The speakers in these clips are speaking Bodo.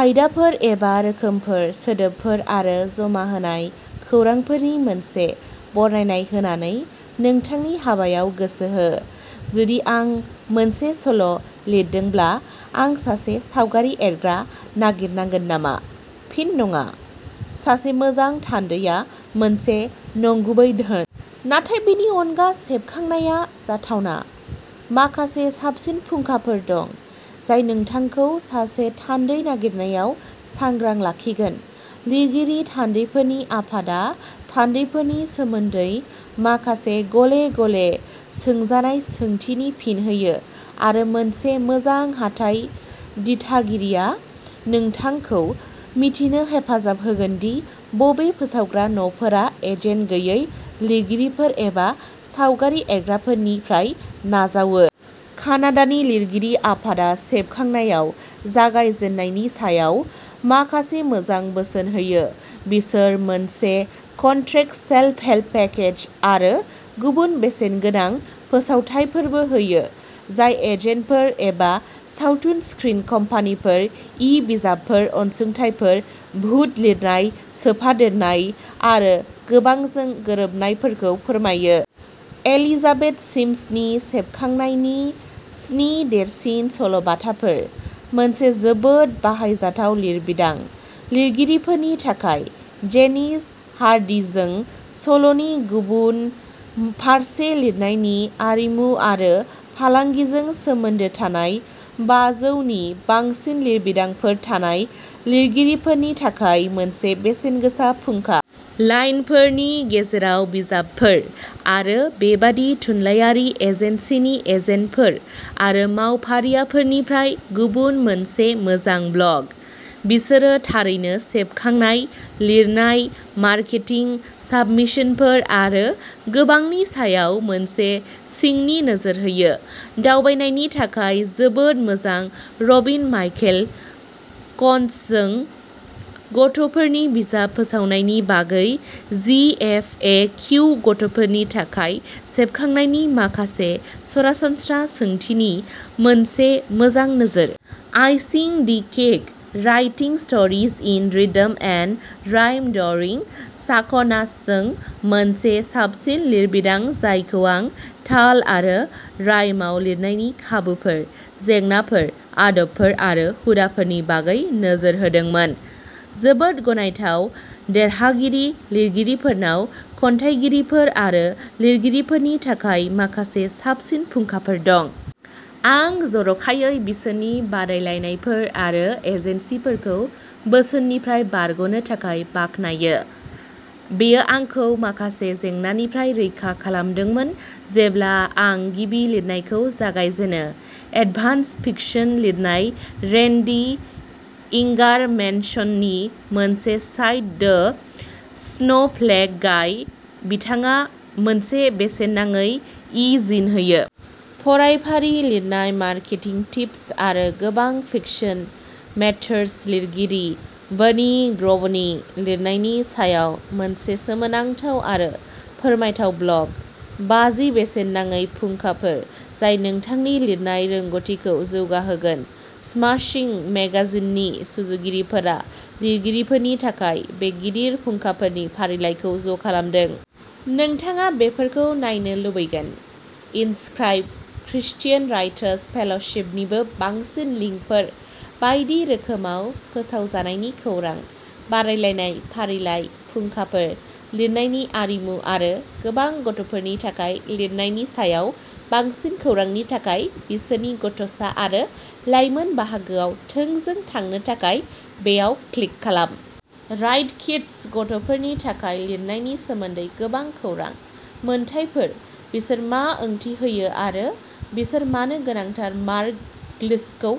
आयदाफोर एबा रोखोमफोर सोदोबफोर आरो जमा होनाय खौरांफोरनि मोनसे बरनायनाय होनानै नोंथांनि हाबायाव गोसो हो। जुदि आं मोनसे सल' लिरदोंब्ला आं सासे सावगारि एरग्रा नागिरनांगोन नामा? फिन नङा। सासे मोजां थान्दैआ मोनसे नंगुबै धोन। नाथाय बेनि अनगा सेबखांनाया जाथावना। माखासे साबसिन फुंखाफोर दं जाय नोंथांखौ सासे थान्दै नागिरनायाव सांग्रां लाखिगोन। लिरगिरि थान्दैफोरनि आफादा थान्दैफोरनि सोमोन्दै माखासे गले-गले सोंजानाय सोंथिनि फिन होयो। आरो मोनसे मोजां हाथाइ दिथागिरिया नोंथांखौ मिथिनो हेफाजाब होगोन दि बबे फोसावग्रा न'फोरा एजेन्ट गैयै लिरगिरिफोर एबा सावगारि एरग्राफोरनिफ्राय नाजावो। कानाडानि लिरगिरि आफादआ सेबखांनायाव जागायजेननायनि सायाव माखासे मोजां बोसोन होयो। बिसोर मोनसे कन्ट्रेक्टस सेल्फ हेल्प पेकेज आरो गुबुन बेसेनगोनां फोसावथायफोरबो होयो जाय एजेन्टफोर एबा सावथुन स्क्रिन कम्पानिफोर इ-बिजाबफोर अनसुंथाइफोर भुत लिरनाय सोफादेरनाय आरो गोबांजों गोरोबनायफोरखौ फोरमायो। एलिजाबेथ सिम्सनि सेबखांनायनि स्नि देरसिन सल'बाथाफोर। मोनसे जोबोद बाहायजाथाव लिरबिदां। लिरगिरिफोरनि थाखाय। जेनिस हारडिजों सल'नि गुबुन फारसे लिरनायनि आरिमु आरो फालांगिजों सोमोन्दो थानाय बाजौ नि बांसिन लिरबिदांफोर थानाय लिरगिरिफोरनि थाखाय मोनसे बेसेनगोसा फुंखा। लाइनफोरनि गेजेराव बिजाबफोर आरो बेबादि थुनलायारि एजेन्सिनि एजेन्टफोर आरो मावफारियाफोरनिफ्राय गुबुन मोनसे मोजां ब्लग। बिसोरो थारैनो सेबखांनाय, लिरनाय, मार्केटिं, साबमिशनफोर आरो गोबांनि सायाव मोनसे सिंनि नोजोर होयो। दावबायनायनि थाखाय जोबोद मोजां रबिन माइकेल क'न्ट्जजों गथ'फोरनि बिजाब फोसावनायनि बागै जि एफ ए किउ गथ'फोरनि थाखाय सेबखांनायनि माखासे सरासनस्रा सोंथिनि मोनसे मोजां नोजोर। Icing the cake writing stories in rhythm and rhyme ड'रि चाक'नासजों मोनसे साबसिन लिरबिदां जायखौ आं ताल आरो रायमाव लिरनायनि खाबुफोर, जेंनाफोर, आदबफोर आरो हुदाफोरनि बागै नोजोर होदोंमोन। जोबोद गनायथाव देरहागिरि लिरगिरिफोरनाव खन्थाइगिरिफोर आरो लिरगिरिफोरनि थाखाय माखासे साबसिन फुंखाफोर दं। आं जर'खायै बिसोरनि बादायलायनायफोर आरो एजेन्सिफोरखौ बोसोननिफ्राय बारग'नो थाखाय बाखनायो। बेयो आंखौ माखासे जेंनानिफ्राय रैखा खालामदोंमोन जेब्ला आं गिबि लिरनायखौ जागायजेनो। एडभान्स फिकशन लिरनाय रेन्डी इंगारमेनसननि मोनसे साइट दो स्नोफ्लेक गाइ। बिथाङा मोनसे बेसेन नाङै इ जिन होयो। फरायफारि लिरनाय मार्केटिं टिप्स आरो गोबां फिकशन मेटर्स लिरगिरि बनी ग्रवनि लिरनायनि सायाव मोनसे सोमोनांथाव आरो फोरमायथाव ब्लग। बाजि बेसेन नाङै फुंखाफोर जाय नोंथांनि लिरनाय रोंग'थिखौ जौगाहोगोन स्माशिं मेगाजिननि सुजुगिरिफोरा लिरगिरिफोरनि थाखाय बे गिदिर फुंखाफोरनि फारिलाइखौ ज' खालामदों। नोंथाङा बेफोरखौ नायनो लुबैगोन। इनस्क्राइब क्रिस्टियान राइटार्स फेल'शिप निबो बांसिन लिंकफोर बायदि रोखोमाव फोसावजानायनि खौरां, बादायलायनाय फारिलाइ, फुंखाफोर, लिरनायनि आरिमु आरो गोबां गथ'फोरनि थाखाय लिरनायनि सायाव बांसिन खौरांनि थाखाय बिसोरनि गथ'सा आरो लाइमोन बाहागोआव थोंजों थांनो थाखाय बेयाव क्लिक खालाम। राइट किड्स गथ'फोरनि थाखाय लिरनायनि सोमोन्दै गोबां खौरां। मोनथायफोर बिसोर मा ओंथि होयो आरो बिसोर मानो गोनांथार मार्ग ग्लिस्कखौ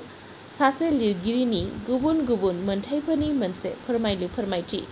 सासे लिरगिरिनि गुबुन गुबुन मोन्थाइफोरनि मोनसे फोरमायलु फोरमायथि।